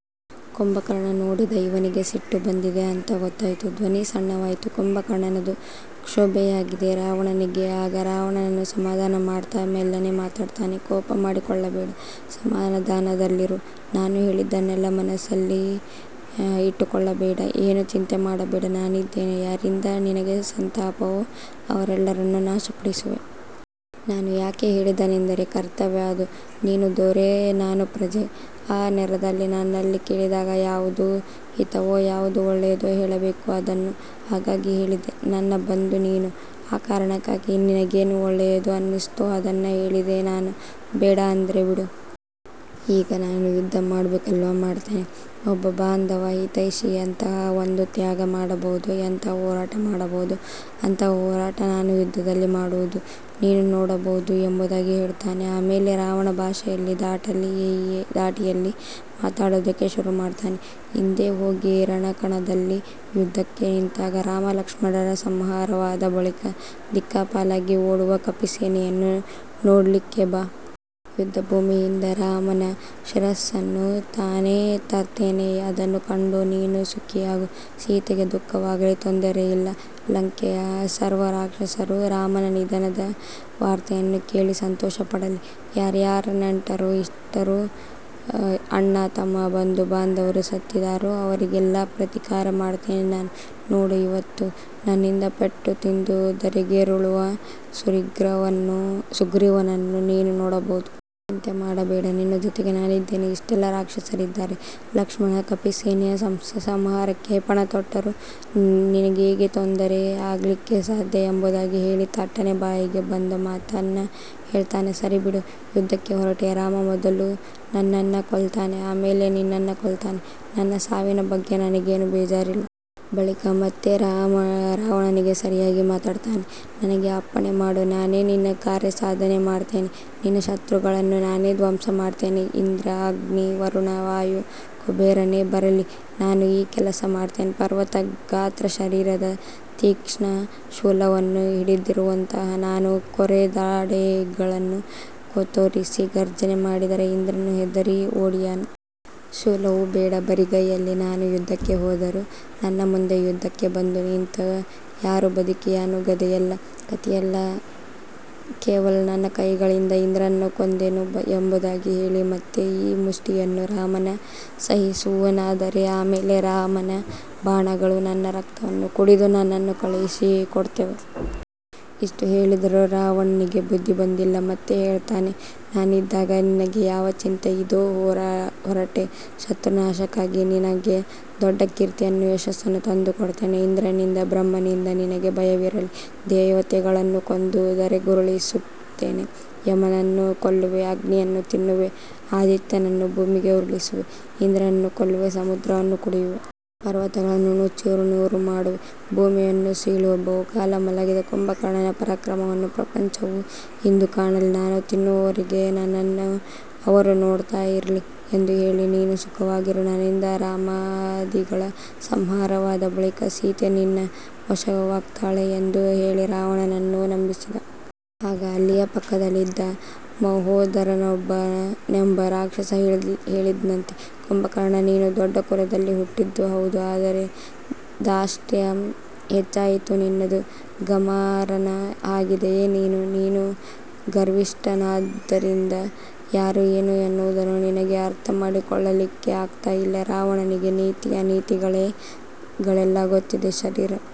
ಕುಂಭಕರ್ಣ ನೋಡಿದ ಇವನಿಗೆ ಸಿಟ್ಟು ಬಂದಿದೆ ಅಂತ ಗೊತ್ತಾಯ್ತು. ಧ್ವನಿ ಸಣ್ಣವಾಯಿತು ಕುಂಭಕರ್ಣನದು. ಕ್ಷೋಭೆಯಾಗಿದೆ ರಾವಣನಿಗೆ. ಆಗ ರಾವಣನನ್ನು ಸಮಾಧಾನ ಮಾಡ್ತಾ ಮೆಲ್ಲನೆ ಮಾತಾಡ್ತಾನೆ. ಕೋಪ ಮಾಡಿಕೊಳ್ಳಬೇಡ. ಸಮಾಧಾನದಲ್ಲಿರು. ನಾನು ಹೇಳಿದ್ದನ್ನೆಲ್ಲ ಮನಸ್ಸಿನಲ್ಲಿ ಇಟ್ಟುಕೊಳ್ಳಬೇಡ. ಏನೂ ಚಿಂತೆ ಮಾಡಬೇಡ. ನಾನಿದ್ದೇನೆ. ಯಾರಿಂದ ನಿನಗೆ ಸಂತಾಪವೋ ಅವರೆಲ್ಲರನ್ನೂ ನಾಶಪಡಿಸುವೆ. ನಾನು ಯಾಕೆ ಹೇಳಿದೆನೆಂದರೆ ಕರ್ತವ್ಯ ಅದು. ನೀನು ದೊರೆ ನಾನು ಪ್ರಜೆ. ಆ ನೇರದಲ್ಲಿ ನನ್ನಲ್ಲಿ ಕೇಳಿದಾಗ ಯಾವುದು ಹಿತವೋ, ಯಾವುದು ಒಳ್ಳೆಯದೋ ಹೇಳಬೇಕು ಅದನ್ನು. ಹಾಗಾಗಿ ಹೇಳಿದೆ. ನನ್ನ ಬಂಧು ನೀನು. ಆ ಕಾರಣಕ್ಕಾಗಿ ನಿನಗೇನು ಒಳ್ಳೆಯದು ಅನ್ನಿಸ್ತೋ ಅದನ್ನ ಹೇಳಿದೆ ನಾನು. ಬೇಡ ಅಂದ್ರೆ ಬಿಡು. ಈಗ ನಾನು ಯುದ್ಧ ಮಾಡ್ಬೇಕಲ್ವಾ ಮಾಡ್ತೇನೆ. ಒಬ್ಬ ಬಾಂಧವ, ಹಿತೈಷಿ ಎಂತಹಾ ಒಂದು ತ್ಯಾಗ ಮಾಡಬಹುದೋ, ಎಂತಹ ಹೋರಾಟ ಮಾಡಬಹುದೋ ಅಂತಹ ಹೋರಾಟ ನಾನು ಯುದ್ಧದಲ್ಲಿ ಮಾಡುವುದು ನೀನು ನೋಡಬಹುದು ಎಂಬುದಾಗಿ ಹೇಳ್ತಾನೆ. ಆಮೇಲೆ ರಾವಣನ ಭಾಷೆಯ ಧಾಟಿಯಲ್ಲಿ ಮಾತಾಡೋದಕ್ಕೆ ಶುರು ಮಾಡ್ತಾನೆ. ಇಂದೇ ಹೋಗಿ ರಣಕಣದಲ್ಲಿ ಯುದ್ಧಕ್ಕೆ ನಿಂತಾಗ ರಾಮ-ಲಕ್ಷ್ಮಣರ ಸಂಹಾರವಾದ ಬಳಿಕ ದಿಕ್ಕಾಪಾಲಾಗಿ ಓಡುವ ಕಪಿಸೇನೆಯನ್ನು ನೋಡ್ಲಿಕ್ಕೆ ಬಾ. ಯುದ್ಧಭೂಮಿಯಿಂದ ರಾಮನ ಶಿರಸ್ಸನ್ನು ನಾನೇ ತರ್ತೇನೆ. ಅದನ್ನು ಕಂಡು ನೀನು ಸುಖಿಯಾಗು. ಸೀತೆಗೆ ದುಃಖವಾಗಲಿ ತೊಂದರೆಯಿಲ್ಲ. ಲಂಕೆಯ ಸರ್ವರಾಕ್ಷಸರು ರಾಮನ ನಿಧನದ ವಾರ್ತೆಯನ್ನು ಕೇಳಿ ಸಂತೋಷಪಡಲಿ. ಯಾರ್ಯಾರ ನೆಂಟರು, ಇಷ್ಟರು, ಅಣ್ಣ, ತಮ್ಮ, ಬಂಧು-ಬಾಂಧವರು ಸತ್ತಿದಾರೋ ಅವರಿಗೆಲ್ಲ ಪ್ರತೀಕಾರ ಮಾಡ್ತೇನೆ ನಾನು. ನೋಡು ಇವತ್ತು ನನ್ನಿಂದ ಪೆಟ್ಟು ತಿಂದು ಧರೆಗುರುಳುವ ಸುಗ್ರೀವನನ್ನು ನೀನು ನೋಡಬಹುದು. ಚಿಂತೆ ಮಾಡಬೇಡ. ನಿನ್ನ ಜೊತೆಗೆ ನಾನಿದ್ದೇನೆ. ಇಷ್ಟೆಲ್ಲ ರಾಕ್ಷಸರಿದ್ದಾರೆ. ಲಕ್ಷ್ಮಣನ, ಕಪಿಸೇನೆಯ ಸಂಹಾರಕ್ಕೆ ಪಣತೊಟ್ಟವರು. ನಿನಗ್ಹೇಗೆ ತೊಂದರೆ ಆಗ್ಲಿಕ್ಕೆ ಸಾಧ್ಯ ಎಂಬುದಾಗಿ ಹೇಳಿ ತಟ್ಟನೆ ಬಾಯಿಗೆ ಬಂದ ಮಾತನ್ನ ಹೇಳ್ತಾನೆ. ಸರಿಬಿಡು. ಯುದ್ಧಕ್ಕೆ ಹೊರಟೆ, ರಾಮ ಮೊದಲು ನನ್ನನ್ನ ಕೊಲ್ತಾನೆ. ಆಮೇಲೆ ನಿನ್ನನ್ನ ಕೊಲ್ತಾನೆ. ನನ್ನ ಸಾವಿನ ಬಗ್ಗೆ ನನಗೇನು ಬೇಜಾರಿಲ್ಲ. ಬಳಿಕ ಮತ್ತೆ ರಾವಣನಿಗೆ ಸರಿಯಾಗಿ ಮಾತಾಡ್ತಾನೆ. ನನಗೇ ಅಪ್ಪಣೆ ಮಾಡು. ನಾನೇ ನಿನ್ನ ಕಾರ್ಯಸಾಧನೆ ಮಾಡ್ತೇನೆ. ನಿನ್ನ ಶತ್ರುಗಳನ್ನು ನಾನೇ ಧ್ವಂಸ ಮಾಡ್ತೇನೆ. ಇಂದ್ರ, ಅಗ್ನಿ, ವರುಣ, ವಾಯು, ಕುಬೇರನೇ ಬರಲಿ ನಾನು ಈ ಕೆಲಸ ಮಾಡ್ತೇನೆ. ಪರ್ವತ ಗಾತ್ರ ಶರೀರದ, ತೀಕ್ಷ್ಣ ಶೂಲವನ್ನು ಹಿಡಿದಿರುವಂತಹ ನಾನು ಕೋರೆದಾಡೆಗಳನ್ನ ತೋರಿಸಿ ಘರ್ಜನೆ ಮಾಡಿದರೆ ಇಂದ್ರನೂ ಹೆದರಿ ಓಡಿಯಾನು. ಶೂಲವೂ ಬೇಡ. ಬರಿಗೈಯಲ್ಲಿ ನಾನು ಯುದ್ಧಕ್ಕೆ ಹೋದರು ನನ್ನ ಮುಂದೆ ಯುದ್ಧಕ್ಕೆ ಬಂದು ನಿಂತ ಯಾರು ಬದುಕಿಯಾನು ಗದೆಯಲ್ಲ, ಕತ್ತಿಯಲ್ಲ, ಕೇವಲ ನನ್ನ ಕೈಗಳಿಂದ ಇಂದ್ರನನ್ನು ಕೊಂದೇನು ಎಂಬುದಾಗಿ ಹೇಳಿ, ಮತ್ತೆ ಈ ಮುಷ್ಠಿಯನ್ನು ರಾಮನು ಸಹಿಸುವನಾದರೆ ಆಮೇಲೆ ರಾಮನ ಬಾಣಗಳು ನನ್ನ ರಕ್ತವನ್ನು ಕುಡಿದು ನನ್ನನ್ನು ಕಳುಹಿಸಿ ಕೊಡ್ತವೆ. ಇಷ್ಟು ಹೇಳಿದರೂ ರಾವಣನಿಗೆ ಬುದ್ಧಿ ಬಂದಿಲ್ಲ. ಮತ್ತೆ ಹೇಳ್ತಾನೆ. ನಾನಿದ್ದಾಗ ನಿನಗೆ ಯಾವ ಚಿಂತೆ? ಇದೋ ಹೊರಟೆ ಶತ್ರು ನಾಶಕ್ಕಾಗಿ. ನಿನಗೆ ದೊಡ್ಡ ಕೀರ್ತಿಯನ್ನು, ಯಶಸ್ಸನ್ನು ತಂದುಕೊಡ್ತೇನೆ. ಇಂದ್ರನಿಂದ, ಬ್ರಹ್ಮನಿಂದ ನಿನಗೆ ಭಯವಿರಲಿ, ದೇವತೆಗಳನ್ನು ಕೊಂದು ಧರೆಗುರುಳಿಸ್ತೇನೆ. ಯಮನನ್ನು ಕೊಲ್ಲುವೆ, ಅಗ್ನಿಯನ್ನು ತಿನ್ನುವೆ, ಆದಿತ್ಯನನ್ನು ಭೂಮಿಗೆ ಉರುಳಿಸುವೆ, ಇಂದ್ರನನ್ನೂ ಕೊಲ್ಲುವೆ, ಸಮುದ್ರವನ್ನು ಕುಡಿಯುವೆ. ಪರ್ವತಗಳನ್ನು ನುಚ್ಚುನೂರು ಮಾಡುವೆ, ಭೂಮಿಯನ್ನು ಸೀಳುವೆ. ಬಹುಕಾಲ ಮಲಗಿದ ಕುಂಭಕರ್ಣನ ಪರಾಕ್ರಮವನ್ನು ಪ್ರಪಂಚವು ಇಂದು ಕಾಣಲಿ. ನಾನು ತಿನ್ನುವವರೆಗೆ ನನ್ನನ್ನು ಅವರು ನೋಡ್ತಾ ಇರಲಿ. ಎಂದು ಹೇಳಿ ನೀನು ಸುಖವಾಗಿರು. ನನ್ನಿಂದ ರಾಮಾದಿಗಳ ಸಂಹಾರವಾದ ಬಳಿಕ ಸೀತೆ ನಿನ್ನ ವಶವಾಗ್ತಾಳೆ ಎಂದು ಹೇಳಿ ರಾವಣನನ್ನು ನಂಬಿಸಿದ. ಆಗ ಅಲ್ಲಿಯೇ ಪಕ್ಕದಲ್ಲಿದ್ದ ಮಹೋದರನೆಂಬ ರಾಕ್ಷಸ ಹೇಳಿದ್ನಂತೆ. ಕುಂಭಕರ್ಣ ನೀನು ದೊಡ್ಡ ಕುಲದಲ್ಲಿ ಹುಟ್ಟಿದ್ದು ಹೌದು ಆದರೆ ದಾಷ್ಟ್ಯ ಹೆಚ್ಚಾಯಿತು ನಿನ್ನದು. ಗಮಾರನ ಹಾಗಿದೀಯೆ ನೀನು. ನೀನು ಗರ್ವಿಷ್ಟನಾದ್ದರಿಂದ ಯಾರು ಏನು ಎನ್ನುವುದನ್ನು ನಿನಗೆ ಅರ್ಥ ಮಾಡಿಕೊಳ್ಳಲಿಕ್ಕೆ ಆಗ್ತಾಯಿಲ್ಲ. ರಾವಣನಿಗೆ ನೀತಿ ಅನೀತಿಗಳೆಲ್ಲ ಗೊತ್ತಿದೆ. ಶರೀರ